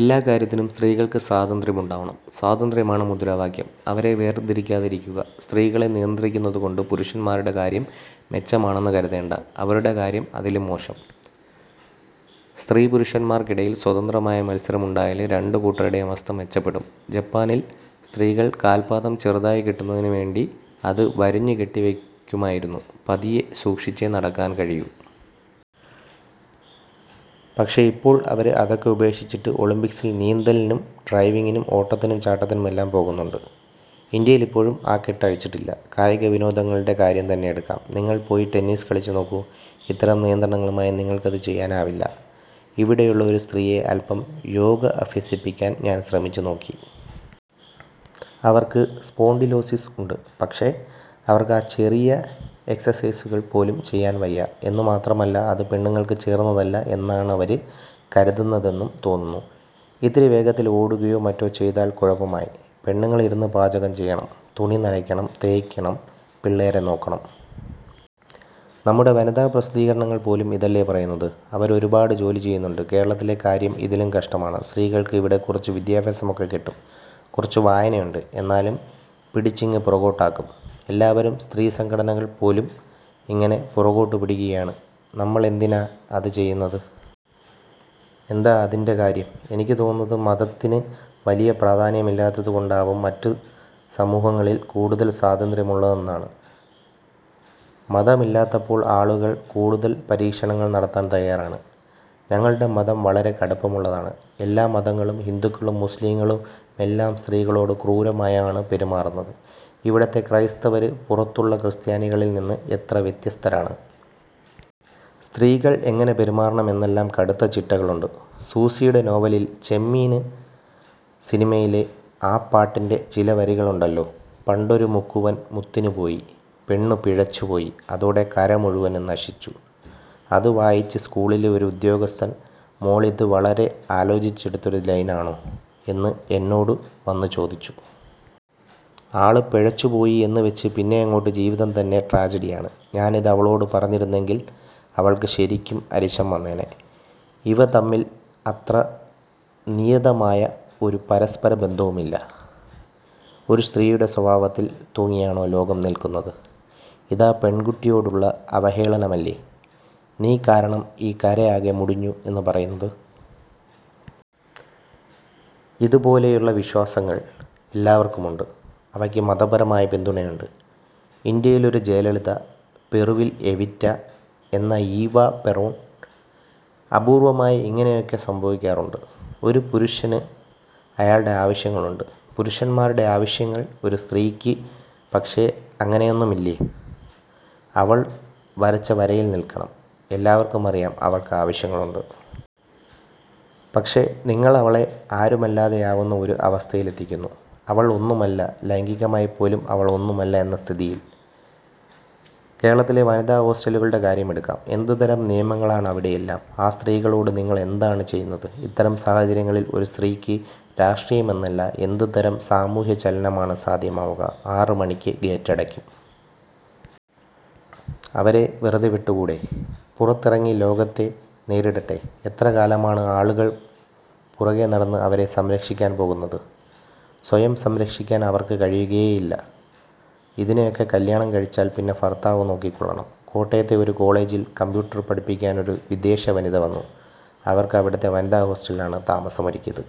എല്ലാക്കാര്യത്തിനും സ്ത്രീകള്ക്ക് സ്വാതന്ത്ര്യമുണ്ടാവണം. 'സ്വാതന്ത്ര്യ'മാണ് മുദ്രാവാക്യം. അവരെ വേര്തിരിക്കാതെയിരിക്കുക. സ്ത്രീകളെ നിയന്ത്രിക്കുന്നതുകൊണ്ട് പുരുഷന്മാരുടെ കാര്യം മെച്ചമാണെന്നു കരുതേണ്ട. അവരുടെ കാര്യം അതിലും മോശം. സ്ത്രീ-പുരുഷന്മാര്ക്കിടയില് സ്വതന്ത്രമായ മത്സരമുണ്ടായാല് രണ്ടു കൂട്ടരുടേയും അവസ്ഥ മെച്ചപ്പെടും. ജപ്പാനില് സ്ത്രീകള് കാല്പ്പാദം ചെറുതായി കിട്ടുന്നതിനുവേണ്ടി അത് വിരിഞ്ഞുകെട്ടിവയ്ക്കുമായിരുന്നു. പതിയെ സൂക്ഷിച്ചേ നടക്കാന് കഴിയൂ. പക്ഷേ, ഇപ്പോള് അവര് അതൊക്കെ ഉപേക്ഷിച്ചിട്ട് ഒളിമ്പിക്സില് നീന്തലിനും ഡൈവിംഗിനും ഓട്ടത്തിനും ചാട്ടത്തിനുമെല്ലാം പോകുന്നുണ്ട്. ഇന്ത്യയിലിപ്പോഴും ആ കെട്ട് അഴിച്ചിട്ടില്ല. കായികവിനോദങ്ങളുടെ കാര്യം തന്നെയെടുക്കാം. നിങ്ങള് പോയി ടെന്നീസ് കളിച്ചുനോക്കൂ. ഇത്തരം നിയന്ത്രണങ്ങളുമായി നിങ്ങള്ക്കതു ചെയ്യാനാവില്ല. ഇവിടെയുള്ള ഒരു സ്ത്രീയെ അല്പം യോഗ അഭ്യസിപ്പിക്കാന് ഞാന് ശ്രമിച്ചുനോക്കി. അവര്ക്ക് സ്പോണ്ടിലോസിസ് ഉണ്ട്. പക്ഷേ, അവര്ക്ക് ആ ചെറിയ എക്സര്സൈസുകള് പോലും ചെയ്യാന് വയ്യ. എന്നു മാത്രമല്ല, അത് പെണ്ണുങ്ങള്ക്ക് ചേര്ന്നതല്ല എന്നാണവര് കരുതുന്നതെന്നും തോന്നുന്നു. ഇത്തിരി വേഗത്തില് ഓടുകയോ മറ്റോ ചെയ്താല് കുഴപ്പമായി. പെണ്ണുങ്ങള് ഇരുന്ന് പാചകം ചെയ്യണം. തുണി നനയ്ക്കണം, തേയ്ക്കണം, പിള്ളേരെ നോക്കണം. നമ്മുടെ വനിതാപ്രസിദ്ധീകരണങ്ങള് പോലും ഇതല്ലേ പറയുന്നത്. അവര് ഒരുപാട് ജോലി ചെയ്യുന്നുണ്ട്. കേരളത്തിലെ കാര്യം ഇതിലും കഷ്ടമാണ്. സ്ത്രീകള്ക്ക് ഇവിടെ കുറച്ചു വിദ്യാഭ്യാസമൊക്കെ കിട്ടും. കുറച്ചു വായനയുണ്ട്. എന്നാലും പിടിച്ചിങ്ങു പുറകോട്ടാക്കും. എല്ലാവരും സ്ത്രീ സംഘടനകള് പോലും ഇങ്ങനെ പുറകോട്ടു പിടിക്കുകയാണ്. നമ്മളെന്തിനാ അതു ചെയ്യുന്നത്? എന്താ അതിന്റെ കാര്യം? എനിക്കു തോന്നുന്നത് മതത്തിന് വലിയ പ്രാധാന്യമില്ലാത്തതുകൊണ്ടാവും മറ്റു സമൂഹങ്ങളില് കൂടുതല് സ്വാതന്ത്ര്യമുള്ളതെന്നാണ്. മതമില്ലാത്തപ്പോള് ആളുകള് കൂടുതല് പരീക്ഷണങ്ങള് നടത്താന് തയ്യാറാണ്. ഞങ്ങളുടെ മതം വളരെ കടുപ്പമുള്ളതാണ്. എല്ലാ മതങ്ങളും, ഹിന്ദുക്കളും-മുസ്ലിങ്ങളുമെല്ലാം സ്ത്രീകളോട് ക്രൂരമായാണ് പെരുമാറുന്നത്. ഇവിടുത്തെ ക്രൈസ്തവര് പുറത്തുള്ള ക്രിസ്ത്യാനികളില്നിന്ന് എത്ര വ്യത്യസ്തരാണ്? സ്ത്രീകള് എങ്ങനെ പെരുമാറണം എന്നെല്ലാം കടുത്ത ചിട്ടകളുണ്ട്. സൂസിയുടെ നോവലില് 'ചെമ്മീന്' സിനിമയിലെ ആ പാട്ടിന്റെ ചില വരികളുണ്ടല്ലോ. 'പണ്ടൊരു മുക്കുവന് മുത്തിനു പോയി... ' പെണ്ണു പിഴച്ചുപോയി. അതോടെ കര മുഴുവനും നശിച്ചു. അതു വായിച്ച് സ്കൂളിലെ ഒരു ഉദ്യോഗസ്ഥന് ''മോളിത് വളരെ ആലോചിച്ച് എടുത്തൊരു ലൈനാണോ'' എന്ന് എന്നോടു വന്നു ചോദിച്ചു. ഒരു ആള് പെഴച്ചുപോയി എന്നുവെച്ച് പിന്നെയങ്ങോട്ട് ജീവിതം തന്നെ ട്രാജഡിയാണ്. ഞാനിത് അവളോടു പറഞ്ഞിരുന്നെങ്കില് അവള്ക്ക് ശരിക്കും അരിശം വന്നേനെ. ഇവ തമ്മില് അത്ര നിയതമായ ഒരു പരസ്പര ബന്ധവുമില്ല. ഒരു സ്ത്രീയുടെ സ്വഭാവത്തില് തൂങ്ങിയാണോ ലോകം നില്ക്കുന്നത്? ഇതാ പെണ്കുട്ടിയോടുള്ള അവഹേളനമല്ലേ? നീ കാരണം ഈ കരയാകെ മുടിഞ്ഞു എന്നു പറയുന്നത്. ഇതുപോലെയുള്ള വിശ്വാസങ്ങള് എല്ലാവര്ക്കുമുണ്ട്. അവയ്ക്ക് മതപരമായ പിന്തുണയുണ്ട്. ഇന്ത്യയിലൊരു ജയലളിത, പെറുവില് 'എവിറ്റ' എന്ന ഈവാ പെറോണ് അപൂര്വമായി ഇങ്ങനെയൊക്കെ സംഭവിക്കാറുണ്ട്. ഒരു പുരുഷന് അയാളുടെ ആവശ്യങ്ങളുണ്ട്. പുരുഷന്മാരുടെ ആവശ്യങ്ങള്. ഒരു സ്ത്രീക്ക് പക്ഷേ, അങ്ങനെയൊന്നുമില്ല. അവള് വരച്ച വരയില് നില്ക്കണം. എല്ലാവര്ക്കുമറിയാം അവള്ക്ക് ആവശ്യങ്ങളുണ്ട്. പക്ഷേ, നിങ്ങളവളെ ആരുമല്ലാതെയാവുന്ന ഒരു അവസ്ഥയിലെത്തിക്കുന്നു. അവള് ഒന്നുമല്ല ലൈംഗികമായിപ്പോലും അവള് ഒന്നുമല്ല എന്ന സ്ഥിതിയില്. കേരളത്തിലെ വനിതാ ഹോസ്റ്റലുകളുടെ കാര്യമെടുക്കാം. എന്തുതരം നിയമങ്ങളാണവിടെയെല്ലാം. ആ സ്ത്രീകളോട് നിങ്ങളെന്താണു ചെയ്യുന്നത്? '. ഇത്തരം സാഹചര്യങ്ങളില് ഒരു സ്ത്രീക്ക് രാഷ്ട്രീയമെന്നല്ല, എന്തുതരം സാമൂഹ്യചലനമാണ് സാധ്യമാവുക. ആറുമണിക്ക് ഗേറ്റടയ്ക്കും! അവരെ വെറുതെ വിട്ടുകൂടേ? പുറത്തിറങ്ങി ലോകത്തെ നേരിടട്ടെ. എത്ര കാലമാണ് ആളുകള് പുറകേ നടന്ന് അവരെ സംരക്ഷിക്കാന് പോകുന്നത്! സ്വയം സംരക്ഷിക്കാന് അവര്ക്ക് കഴിയുകയേയില്ല. ഇതിനെയൊക്കെ കല്ല്യാണം കഴിച്ചാല് പിന്നെ ഭര്ത്താവ് നോക്കിക്കൊള്ളണം.! കോട്ടയത്തെ ഒരു കോളേജില് കംപ്യൂട്ടര് പഠിപ്പിക്കാനൊരു വിദേശ വനിത വന്നു. അവര്ക്ക് അവിടുത്തെ വനിതാ ഹോസ്റ്റലിലാണ് താമസമൊരുക്കിയത്.